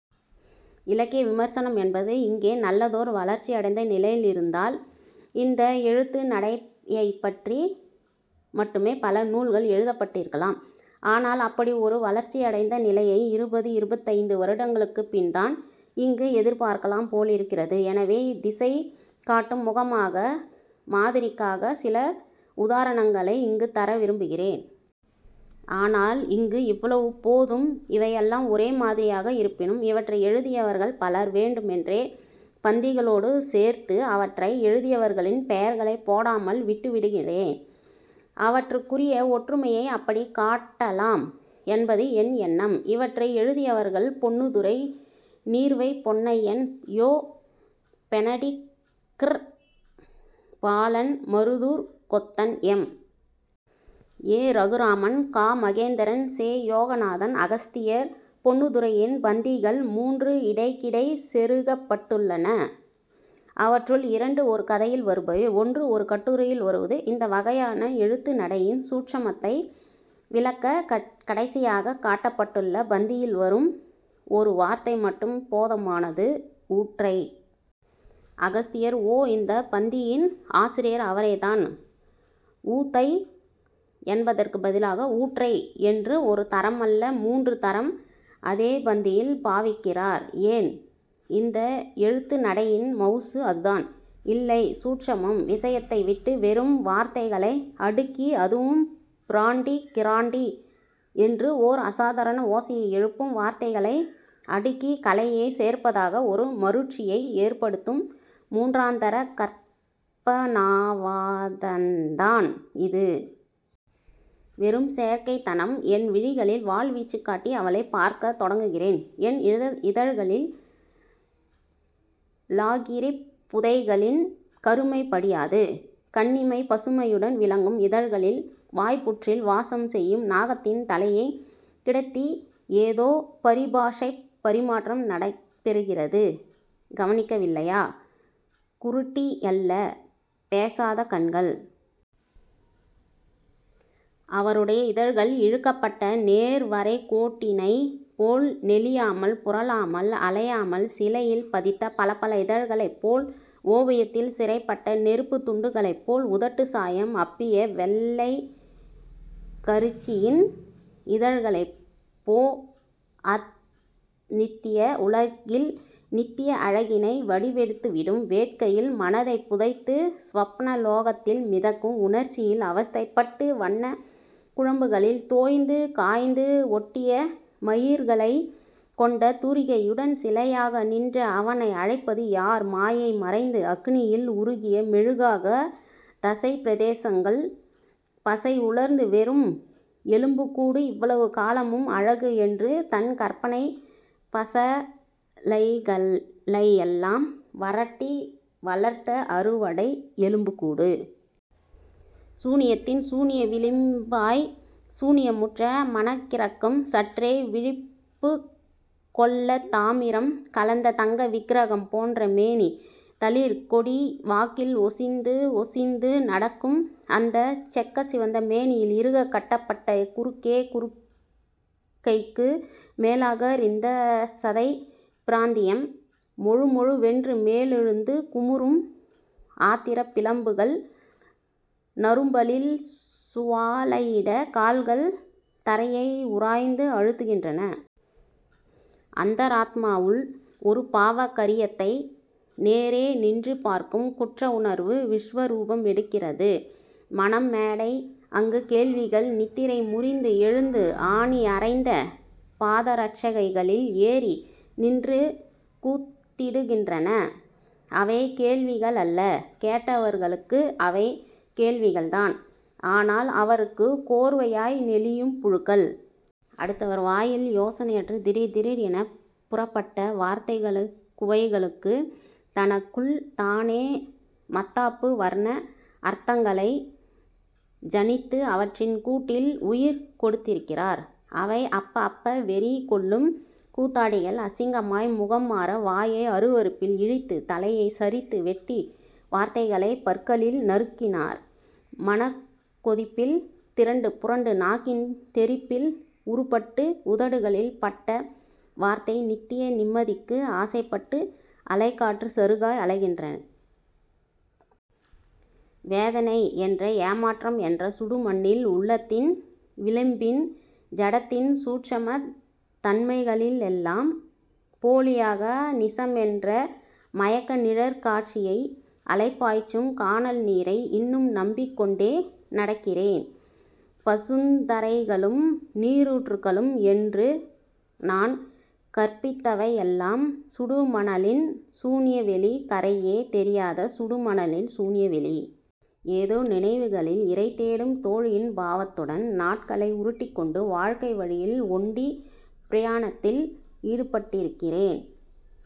இலக்கிய விமர்சனம் என்பது இங்கே நல்லதோர் வளர்ச்சியடைந்த நிலையிலிருந்தால் இந்த எழுத்து நடையைப்பற்றி மட்டுமே பல நூல்கள் எழுதப்பட்டிருக்கலாம். ஆனால் அப்படி ஒரு வளர்ச்சியடைந்த நிலையை இருபது இருபத்தைந்து வருடங்களுக்குப் பின்தான் இங்கு எதிர்பார்க்கலாம் போலிருக்கிறது. எனவே, திசை காட்டும் முகமாக, மாதிரிக்காகச் சில உதாரணங்களை இங்கு தர விரும்புகிறேன். ஆனால் இங்கு இவ்வளவு போதும். இவையெல்லாம் ஒரே மாதிரியாக இருப்பினும் இவற்றை எழுதியவர்கள் பலர். வேண்டுமென்றே பந்திகளோடு சேர்த்து அவற்றை எழுதியவர்களின் பெயர்களைப் போடாமல் விட்டுவிடுகிறேன். அவற்றுக்குரிய ஒற்றுமையை அப்படிக் காட்டலாம் என்பது என் எண்ணம். இவற்றை எழுதியவர்கள் Ponnuthurai, Neervai Ponnaiyan, Yo. Benedict Balan Maruthoor Kothan, M. A. Rahman, Ka. Mahendran, செ. யோகநாதன், அகஸ்தியர். பொன்னுத்துரையின் பந்திகள் மூன்று இடைக்கிடை செருகப்பட்டுள்ளன. அவற்றுள் இரண்டு ஒரு கதையில் வருபவை. ஒன்று ஒரு கட்டுரையில் வருவது. இந்த வகையான எழுத்து நடையின் 'சூட்சும'த்தை விளக்கக் கடைசியாகக் காட்டப்பட்டுள்ள பந்தியில் வரும் ஒரு வார்த்தை மட்டும் போதுமானது 'ஊற்றை. 'அகஸ்தியர்'. ஓ இந்தப் பந்தியின் ஆசிரியர் அவரேதான். 'ஊத்தை' என்பதற்குப் பதிலாக 'ஊற்றை' என்று ஒரு தரமல்ல மூன்று தரம் அதே பந்தியில் பாவிக்கிறார். ஏன்? இந்த எழுத்து நடையின் மவுசு அதுதான். இல்லை. 'சூட்சுமம்'. விசயத்தை விட்டு வெறும் வார்த்தைகளை அடுக்கி அதுவும் 'பிராண்டி' 'கிராண்டி' என்று ஓர் அசாதாரண ஓசையை எழுப்பும் வார்த்தைகளை அடுக்க கலையைச் சேர்ப்பதாக ஒரு மருட்சியை ஏற்படுத்தும் மூன்றாந்தர கற்பனாவாதந்தான் இது. வெறும் செயற்கைத்தனம். என் விழிகளில் வாள்வீச்சுக் காட்டி அவளைப் பார்க்கத் தொடங்குகிறேன். என் இதழ்களில் லாகிரிப் புகைகளின் கருமை படியாது, கன்னிமைப் பசுமையுடன் விளங்கும் இதழ்களில் வாய்ப்புற்றில் வாசம் செய்யும் நாகத்தின் தலையைக் கிடத்தி..... ஏதோ பரிபாஷைப் பரிமாற்றம் நடைபெறுகிறது. கவனிக்கவில்லையா? குருடியல்ல. பேசாத கண்கள். அவருடைய இதழ்கள் இழுக்கப்பட்ட நேர் வரைக்கோட்டினைப்போல் நெளியாமல் புரளாமல் அலையாமல் சிலையில் பதித்த பளபள இதழ்களைப் போல ஓவியத்தில் சிறைப்பட்ட நெருப்புத் துண்டுகளைப் போல உதட்டுச் சாயம் அப்பிய வெள்ளைக்கரிச்சியின் இதழ்களைப் போ அநித்திய உலகில் நித்திய அழகினை வடிவெடுத்துவிடும் வேட்கையில் மனதைப் புதைத்து, ஸ்வப்பனலோகத்தில் மிதக்கும் உணர்ச்சியில் அவஸ்த்தைப்பட்டு, வண்ணக் குழம்புகளில் தோய்ந்து, காய்ந்து, ஒட்டிய மயிர்களைக் கொண்ட தூரிகையுடன் சிலையாக நின்ற அவனை அழைப்பது யார் மாயை மறைந்து, அக்கினியில் உருகிய மெழுகாகத் தசைப் பிரதேசங்கள் பசை உலர்ந்து-வெறும் எலும்புக் கூடு இவ்வளவு காலமும் அழகு என்று தன் கற்பனைப் பசளைகளையெல்லாம் வரட்டி வளர்த்த அறுவடை எலும்புக்கூடு. சூனியத்தின் சூனிய விளிம்பாய் சூனியமுற்ற மனக்கிறக்கம் சற்றே விழிப்புக்கொள்ளதாமிரம் கலந்த தங்க விக்கிரகம் போன்ற மேனி. தளிர் கொடிவாக்கில் ஒசிந்து ஒசிந்து நடக்கும் அந்தச் செக்கச் சிவந்த மேனியில் இறுகக் கட்டப்பட்ட குறுக்கை குறுக்கைக்கு மேலாகத் ரிந்த சதைப் பிராந்தியம், மொழுமொழுவென்றுமேலெழுந்து குமுறும் ஆத்திரப் பிளம்புகள் நரும்பலில் சுவாலையிட கால்கள் தரையை உராய்ந்து அழுத்துகின்றன. அந்தராத்மாவுள் ஒரு பாவ கரியத்தை நேரே நின்று பார்க்கும் குற்ற உணர்வு விஸ்வரூபமெடுக்கிறது மனம் மேடை அங்கு கேள்விகள் நித்திரை முறிந்து எழுந்து ஆணி அறைந்த பாதரட்சைகளில் ஏறி நின்று கூத்திடுகின்றன. அவை கேள்விகளல்ல, கேட்டவர்களுக்கு அவை கேள்விகள்தான். ஆனால் அவருக்கு கோர்வையாய் நெளியும் புழுக்கள். அடுத்தவர் வாயில் யோசனையற்று, திடீர் திடீர் எனப் புறப்பட்ட வார்த்தைக் குவைகளுக்கு தனக்குள் தானே மத்தாப்பு வர்ண அர்த்தங்களை ஜனித்து, அவற்றின் கூட்டில் உயிர் கொடுத்திருக்கிறார். அவை அப்ப அப்ப வெறிகொள்ளும் கூத்தாடிகள் அசிங்கமாய் முகம் மாற வாயை அருவருப்பில் இழித்து தலையைச் சரித்து வெட்டி வார்த்தைகளைப் பற்களில் நறுக்கினார் மனக்கொதிப்பில் திரண்டு புரண்டு நாக்கின் தெறிப்பில் உருப்பட்டு உதடுகளில் பட்ட வார்த்தை நித்திய நிம்மதிக்கு ஆசைப்பட்டு, அலை காற்றுச் சருகாய் அலைகிறேன். வேதனை என்ற ஏமாற்றம் என்ற சுடு மணலில், உள்ளத்தின் விளிம்பின் ஜடத்தின் சூட்சுமத் தன்மைகளிலெல்லாம், போலியாக, நிசமென்ற மயக்க நிழற் காட்சியை, அலைபாய்ச்சும் கானல் நீரை இன்னும் நம்பிக்கொண்டே நடக்கிறேன். பசுந்தரைகளும் நீரூற்றுகளும் என்று நான் கற்பித்தவையெல்லாம், சுடுமணலின் சூன்ய வெளி. கரையே தெரியாத சுடுமணலின் சூன்யவெளி. ஏதோ நினைவுகளில் இரைதேடும் தோழியின் பாவத்துடன் நாட்களை உருட்டிக்கொண்டு, வாழ்க்கை வழியில் ஒண்டிப் பிரயாணத்தில் ஈடுபட்டிருக்கின்றேன்.